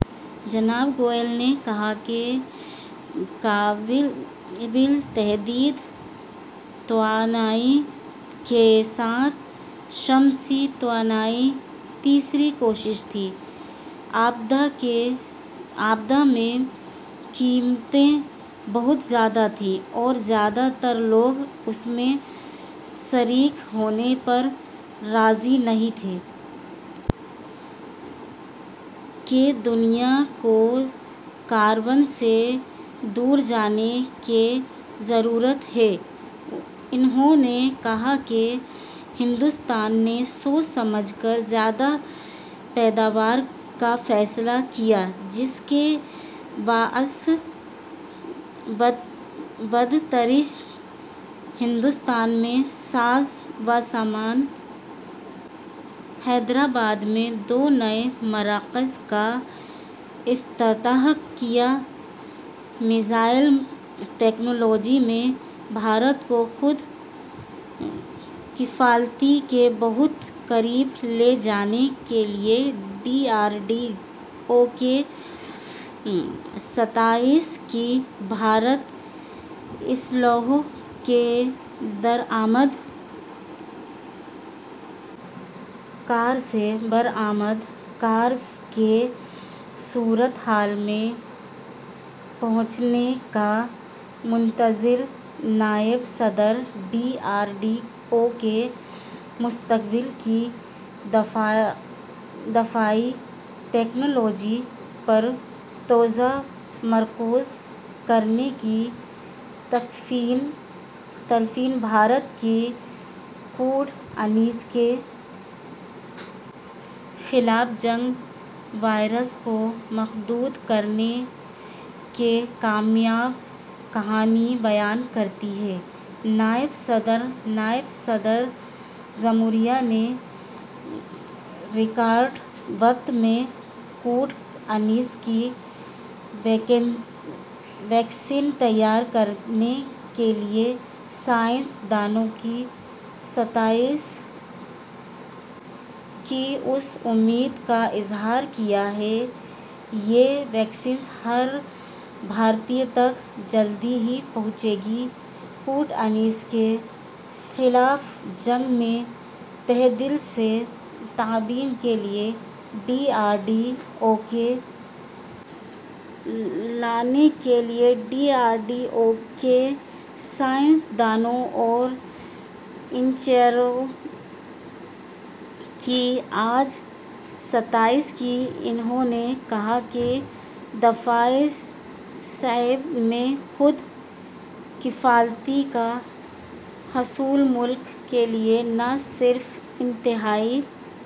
جناب گوئل نے کہا کہ قابل تجدید توانائی کے ساتھ شمسی توانائی تیسری کوشش تھی ابتدا میں قیمتیں بہت زیادہ تھیں اور زیادہ تر لوگ اس میں شریک ہونے پر راضی نہیں تھے کہ دنیا کو کاربن سے دور جانے کی ضرورت ہے انہوں نے کہا کہ ہندوستان نے سوچ سمجھ کر زیادہ پیداوار کا فیصلہ کیا جس کے باعث بتدریج ہندوستان میں ساز و سامان حیدرآباد میں دو نئے مراکز کا افتتاح کیا میزائل ٹیکنالوجی میں بھارت کو خود کفالتی کے بہت قریب لے جانے کے لیے ڈی آر ڈی او کی ستائش کی بھارت اسلحوں کے درآمد کار سے برآمد کار کی صورت حال میں پہنچنے کا منتظر نائب صدر ڈی آر ڈی او کو مستقبل کی دفاعی ٹیکنالوجی پر توجہ مرکوز کرنے کی تلقین بھارت کی کووڈ انیس کے خلاف جنگ وائرس کو محدود کرنے کی کامیاب کہانی بیان کرتی ہے نائب صدر نائب صدر جمہوریہ نے ریکارڈ وقت میں کووڈ انیس کی ویکسین تیار کرنے کے لیے سائنس دانوں کی ستائش کی اس امید کا اظہار کیا کہ یہ ویکسین ہر بھارتی تک جلد ہی پہنچے گی کووڈ انیس کے خلاف جنگ میں تہہ دل سے تعاون کے لیے ڈی آر ڈی او کی لانے کے لیے ڈی آر ڈی او کے سائنس دانوں اور انجینئروں کی آج ستائش کی انہوں نے کہا کہ دفاعی شعبے میں خود کفالتی کا حصول ملک کے لیے نہ صرف انتہائی